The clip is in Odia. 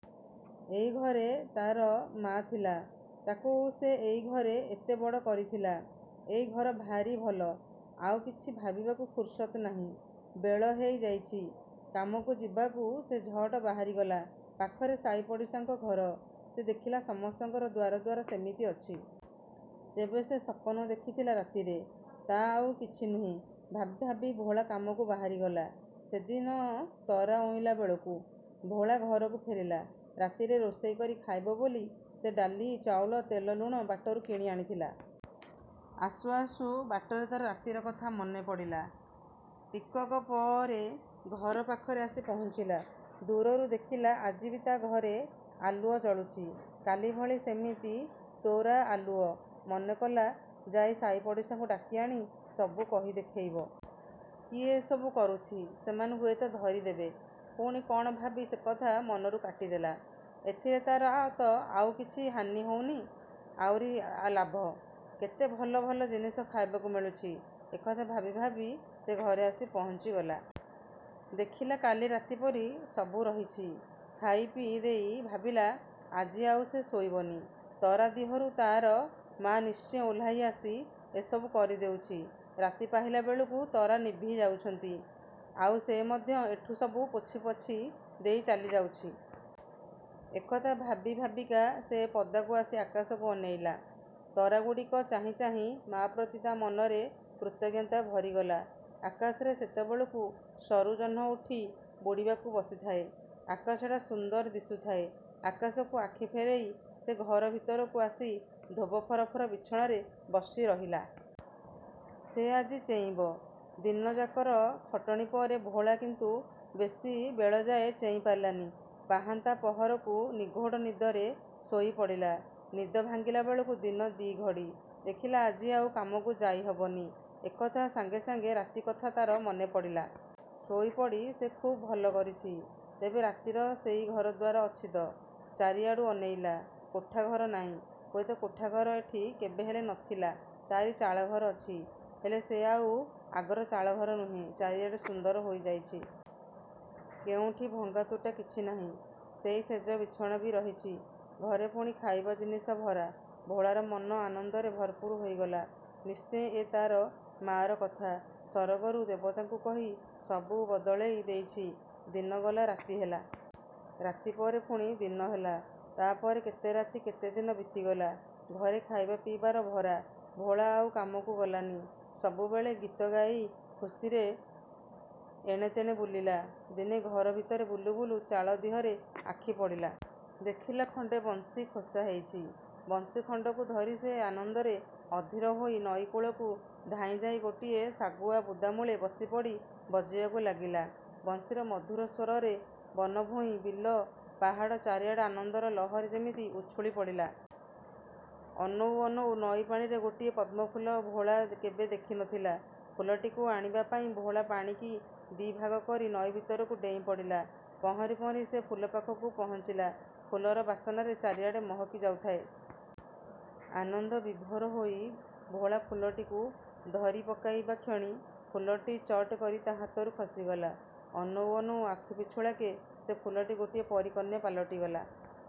ଏଇ ଘରେ ତା'ର ମା ଥିଲା, ତାକୁ ସେ ଏଇଘରେ ଏଡ଼େବଡ଼ କରିଥିଲା, ଏଇ ଘର ଭାରି ଭଲ-। ଆଉ କିଛି ଭାବିବାକୁ ଫୁରୁସତ ନାଇଁ। ବେଳ ହେଇ ଯାଇଚି, କାମକୁ ଯିବାକୁ ସେ ଝଟ ବାହାରିଗଲା। ପାଖରେ ସାହିପଡ଼ିଶାଙ୍କ ଘର। ସେ ଦେଖିଲା ସମସ୍ତଙ୍କ ଦ୍ଵାରଦ୍ଵାର ସେମିତି ଅଛି। ତେବେ ସେ ସପନ ଦେଖିଥିଲା ରାତିରେ। ତା ଆଉ କିଛି ନୁହେଁ ଭାବି ଭାବି ଭୋଳା କାମକୁ ବାହାରିଗଲା-। ସେଦିନ ତରା ଉଇଁଲାବେଳକୁ। ଭୋଳା ଘରକୁ ଫେରିଲା। ରାତିରେ ରୋଷେଇ କରି ଖାଇବ ବୋଲି ସେ ଡାଲି ଚାଉଳ ତେଲ ଲୁଣ ବାଟରୁ କିଣି ଆଣିଥିଲା। ଆସୁ ଆସୁ ବାଟରେ ତାର ରାତିର କଥା ମନେ ପଡ଼ିଲା। ଟିକକ ପରେ ଘର ପାଖରେ ଆସି ପହଞ୍ଚିଲା। ଦୂରରୁ ଦେଖିଲା ଆଜିବି ତା ଘରେ ଆଲୁଅ ଜଳୁଚି। କାଲି ଭଳି ସେମିତି ତୋରା ଆଲୁଅ। ମନେକଲା, ଯାଇ ସାଇପଡ଼ିଶାଙ୍କୁ ଡାକିଆଣି ସବୁ କହି ଦେଖେଇବ। କିଏ ଏସବୁ କରୁଚି ସେମାନେ ହୁଏତ ଧରି ଦେବେ। ପୁଣି କଣ ଭାବି ସେକଥା ମନରୁ କାଟିଦେଲା, ଏଥିରେ ତାର ତ ଆଉକିଛି ହାନି ହଉନି। ଆଉରି ଲାଭ। କେତେ ଭଲ ଭଲ ଜିନିଷ ଖାଇବାକୁ ମିଳୁଚି। ଏ କଥା ଭାବି ଭାବି ସେ ଘରେ ଆସି ପହଞ୍ଚିଗଲା। ଦେଖିଲା କାଲି ରାତିପରି ସବୁ ରହିଚି। ଖାଇପିଇ ଦେଇ ଭାବିଲା, ଆଜି ଆଉ ସେ ଶୋଇବନି। ତରା ଦିହରୁ ତାର ମା ନିଶ୍ଚେ ଓହ୍ଲାଇ ଆସି ଏସବୁ କରି ଦେଉଚି। ରାତି ପାହିଲାବେଳକୁ ତରା ନିଭି ଯାଉଚନ୍ତି। ଆଉ ସେ ମଧ୍ୟ ଏଠୁ ସବୁ ପୋଛି ପାଛି ଦେଇ ଚାଲିଯାଉଚି-। ଏ କଥା ଭାବି ଭାବିକା ସେ ପଦାକୁ ଆସି ଆକାଶକୁ ଅନେଇଲା। ତରାଗୁଡ଼ିକ ଚାହିଁ ଚାହିଁ ମାପ୍ରତି ତା ମନରେ କୃତାଜ୍ଞତା ଭରିଗଲା। ଆକାଶରେ ସେତେବେଳକୁ ସରୁ ଜହ୍ନ ଉଠି ବୁଡ଼ିବାକୁ ବସିଥାଏ। ଆକାଶଟା ସୁନ୍ଦର ଦିଶୁଥାଏ। ଆକାଶରୁ ଆଖି ଫେରେଇ ସେ ଘର ଭିତରକୁ ଆସି ଧୋବ ଫରଫର ବିଛଣାରେ ବସି ରହିଲା। ସେ ଆଜି ଚେଇଁବ। ଦିନଯାକର ଖଟଣି ପରେ ଭୋଳା କିନ୍ତୁ ବେଶି ବେଳଯାଏ ଚେଇଁ ପାରିଲାନି। ପାହାନ୍ତା ପହରକୁ ନିଘୋଡ଼ ନିଦରେ ଶୋଇ ପଡ଼ିଲା। ନିଦ ଭାଙ୍ଗିଲାବେଳକୁ ଦିନ ଦି'ଘଡ଼ି। ଦେଖିଲା ଆଜି ଆଉ କାମକୁ ଯାଇ ହବନି। ଏକଥା ସାଙ୍ଗେସାଙ୍ଗେ ରାତିକଥା ତାର ମନେ ପଡ଼ିଲା। ଶୋଇପଡ଼ି ସେ ଖୁବ୍ ଭୁଲ କରିଚି। ତେବେ ରାତିର ସେଇ ଘରଦ୍ଵାର ଅଛି ତ? ଚାରିଆଡ଼କୁ ଅନେଇଲା। କୋଠାଘର ନାଇଁ। ହୁଏତ କୋଠାଘର ଏଠି କେବେହେଲେ ନ ଥିଲା। ତାରି ଚାଳଘର ଅଛି। ହେଲେ ସେ ଆଉ ଆଗର ଚାଳଘର ନୁହେଁ। ଚାରିଆଡ଼ ସୁନ୍ଦର ହୋଇଯାଇଚି। କେଉଁଠି ଭଙ୍ଗା ତୁଟା କିଛି ନାଇଁ। ସେଇ ଶେଯ ବିଛଣା ବି ରହିଚି। ଘରେ ପୁଣି ଖାଇବା ଜିନିଷ ଭରା। ଭୋଳାର ମନ ଆନନ୍ଦରେ ଭରପୂର ହେଇଗଲା। ନିଶ୍ଚେ ଏ ତାର ମା'ର କାମ। ସରଗରୁ ଦେବତାଙ୍କୁ କହି ସବୁ ବଦଳେଇ ଦେଇଚି। ଦିନ ଗଲା ରାତି ହେଲା। ରାତି ପରେ ପୁଣି ଦିନ ହେଲା। ତା ପରେ କେତେ ରାତି କେତେ ଦିନ ବିତିଗଲା। ଘରେ ଖାଇବା ପିଇବାର ଭରା। ଭୋଳା ଆଉ କାମକୁ ଗଲାନି। ସବୁବେଳେ ଗୀତ ଗାଇ ଖୁସିରେ ଏଣେ ତେଣେ ବୁଲିଲା। ଦିନେ ଘର ଭିତରେ ବୁଲୁବୁଲୁ ଚାଳ ଦିହରେ ଆଖି ପଡ଼ିଲା। ଦେଖିଲା ଖଣ୍ଡେ ବଂଶୀ ଖୋସା ହେଇଚି। ବଂଶୀ ଖଣ୍ଡକୁ ଧରି ସେ ଆନନ୍ଦରେ ଅଧୀର ହୋଇ ନଈ କୂଳକୁ ଧାଇଁଯାଇ ଗୋଟିଏ ଶାଗୁଆ ବୁଦାମୂଳେ ବସିପଡ଼ି ବଜେଇବାକୁ ଲାଗିଲା। ବଂଶୀର ମଧୁର ସ୍ଵରରେ ବନଭୂଇଁ, ବିଲ, ପାହାଡ଼, ଚାରିଆଡ଼େ ଆନନ୍ଦର ଲହରୀ ଯେମିତି ଉଛୁଳି ପଡ଼ିଲା। ଅନଉ ଅନଉ ନଈ ପାଣିରେ ଗୋଟିଏ ପଦ୍ମଫୁଲ ଭୋଳା କେବେ ଦେଖି ନ ଥିଲା। ଫୁଲଟିକୁ ଆଣିବା ପାଇଁ ଭୋଳା ପାଣିକି ଦି ଭାଗ କରି ନଈ ଭିତରକୁ ଡେଇଁ ପଡ଼ିଲା। ପହଁରି ପହଁରି ସେ ଫୁଲ ପାଖରେ ପହଞ୍ଚିଲା। ଫୁଲର ବାସନାରେ ଚାରିଆଡ଼େ ମହକି ଯାଉଥାଏ। ଆନନ୍ଦରେ ବିଭୋର ହେଇ ଭୋଳା ଫୁଲଟିକୁ ଧରି ପକେଇବା କ୍ଷଣି ଫୁଲଟି ଚଟକରି ତା ହାତରୁ ଖସିଗଲା। ଅନଉ ଅନଉ ଆଖି ପିଛୁଳାକେ ସେ ଫୁଲଟି ଗୋଟିଏ ପରୀ କନ୍ୟା ପାଲଟିଗଲା।